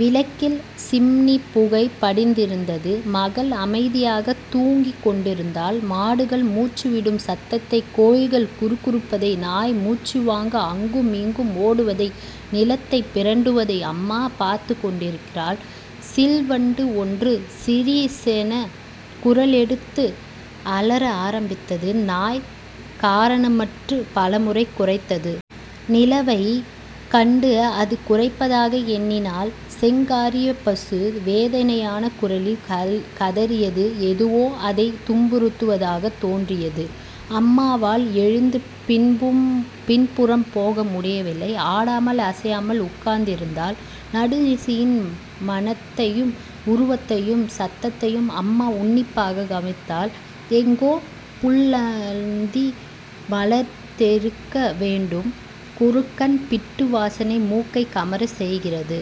விளக்கில் சிம்னி புகை படிந்திருந்தது. மகள் அமைதியாகத் தூங்கிக் கொண்டிருந்தாள். மாடுகள் மூச்சு விடும் சத்தத்தை கோழிகள் குறுகுறுப்பதை நாய் மூச்சுவாங்க அங்கும் இங்கும் ஓடுவதை நிலத்தைப் பிரண்டுவதை. அம்மா பார்த்துக் கொண்டிருகிறாள். சிள்வண்டு ஒன்று சிரிச்சென குரலெடுத்து அலற ஆரம்பித்தது. நாய் காரணமற்றுப் பலமுறை குரைத்தது. நிலவைக் கண்டு அது குரைப்பதாக எண்ணினாள். செங்காரியப்பசு வேதனையான குரலில் கதுகதறியது எதுவோ அதைத் துன்புறுத்துவதாகத் தோன்றியது. அம்மாவால் எழுந்து பின்பும் பின்புறம் போக முடியவில்லை. ஆடாமல் அசையாமல் உட்கார்ந்திருந்தாள். நடுநிசியின் மணத்தையும் உருவத்தையும் சத்தத்தையும் அம்மா உன்னிப்பாக கவனித்தாள். எங்கோ புல்லாந்தி மலத்திருக்க வேண்டும். குரக்கன் பிட்டு வாசனை மூக்கைக் கமறச் செய்கிறது.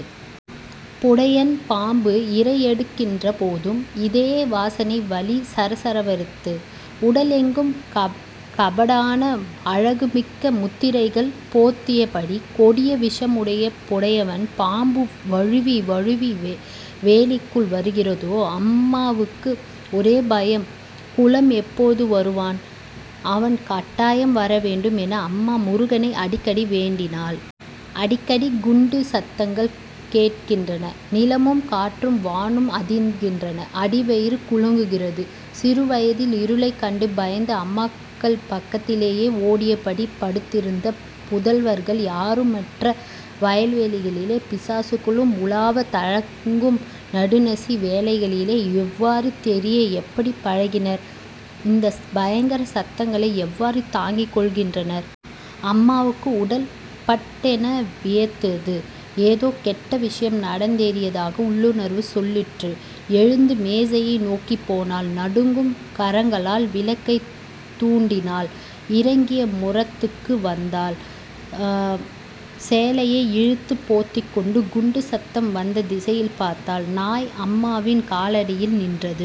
புடையன் பாம்பு இரையெடுக்கின்ற போதும் இதே வாசனை வலி சரசரவறுத்து உடலெங்கும் கப் கபடான அழகுமிக்க முத்திரைகளைப் போர்த்தியபடி கொடிய விஷமுடைய புடையவன் பாம்பு வழுவி வழுவி வேலிக்குள் வருகிறதோ? அம்மாவுக்கு ஒரே பயம் குலம் எப்போது வருவான்? அவன் கட்டாயம் வரவேண்டும் என அம்மா முருகனை அடிக்கடி வேண்டினாள். அடிக்கடி குண்டுச் சத்தங்கள் கேட்கின்றன. நிலமும் காற்றும் வானும் அதிர்கின்றன. அடிவயிறு குலுங்குகிறது. சிறுவயதில் இருளைக் கண்டு பயந்து அம்மாக்கள் பக்கத்திலேயே ஒடியபடி படுத்திருந்த புதல்வர்கள் யாருமற்ற வயல்வெளிகளிலே பிசாசுகளும் உலவத் தளக்கும் நடுநிசி வேளைகளிலே இவ்வாறு தெரிய எப்படிப் பழகினர்? இந்தப் பயங்கர சத்தங்களை எவ்வாறு தாங்கிக் கொள்கின்றனர்? அம்மாவுக்கு உடல் பட்டென வியர்த்தது. ஏதோ கெட்ட விஷயம் நடந்தேறியதாக உள்ளுணர்வு சொல்லிற்று. எழுந்து மேசையை நோக்கிப் போனாள். நடுங்கும் கரங்களால் விளக்கைத் தூண்டினாள். இறங்கிய முறத்துக்கு வந்தாள். சேலையை இழுத்துப் போத்திக்கொண்டு குண்டுச் சத்தம் வந்த திசையில் பார்த்தாள். நாய் அம்மாவின் காலடியில் நின்றது.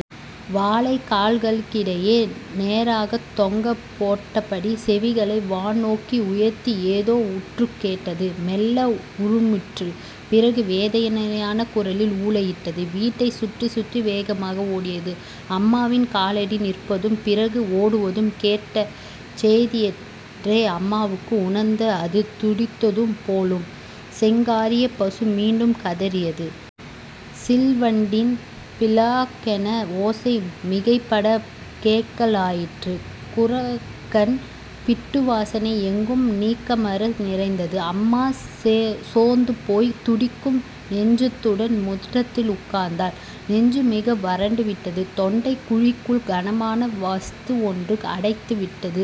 வாலைக் கால்களுக்கிடையில் நேராகத்தொங்கப் போட்டபடி செவிகளை வானோக்கி உயர்த்தி எதையோ உற்றுக் கேட்டது. மெல்ல உறுமிற்று. பிறகு வேதனையான குரலில் ஊளையிட்டது. வீட்டைச் சுற்றிச்சுற்றி வேகமாக ஓடியது. அம்மாவின் காலடி நிற்பதும்... பிறகு ஓடுவதும்... கேட்ட சேதியன்றை அம்மாவுக்கு உணர்ந்த அது துடித்ததும் போலும்! செங்காரியப் பசு மீண்டும் கதறியது. சிள்வண்டின் பிலாக்கண ஓசை மிகைபடக் கேட்கலாயிற்று. குரக்கன் பிட்டுவாசனை எங்கும் நீக்கமற நிறைந்தது. அம்மா சே சோர்ந்துபோய், துடிக்கும் நெஞ்சுடன் முற்றத்தில் உட்கார்ந்தாள். நெஞ்சு மிக வரண்டு விட்டது. தொண்டைக் குழிக்குள் கனமான வஸ்து ஒன்று அடைத்துவிட்டது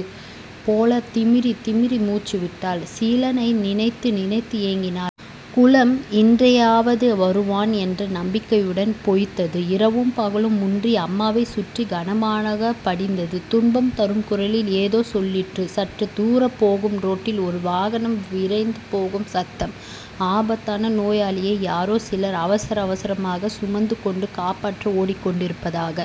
போலத் திமிறித்திமிறி மூச்சுவிட்டாள். சீலனை நினைத்து நினைத்து ஏங்கினாள். குலம் இன்றையாவது வருவான் என்ற நம்பிக்கையுடன் பொய்த்தது. இரவும் பகலும் முன்றி அம்மாவைச் சுற்றிக் கனமாகப் படிந்தது, துன்பம் தரும் குரலில் ஏதோ சொல்லிற்று. சற்றுத் தூர போகும் ரோட்டில் ஒரு வாகனம் விரைந்து போகும் சத்தம். ஆபத்தான நோயாளியை யாரோ சிலர் அவசர அவசரமாகச் சுமந்துகொணடு காப்பாற்ற ஓடிக் கொண்டிருப்பதாக....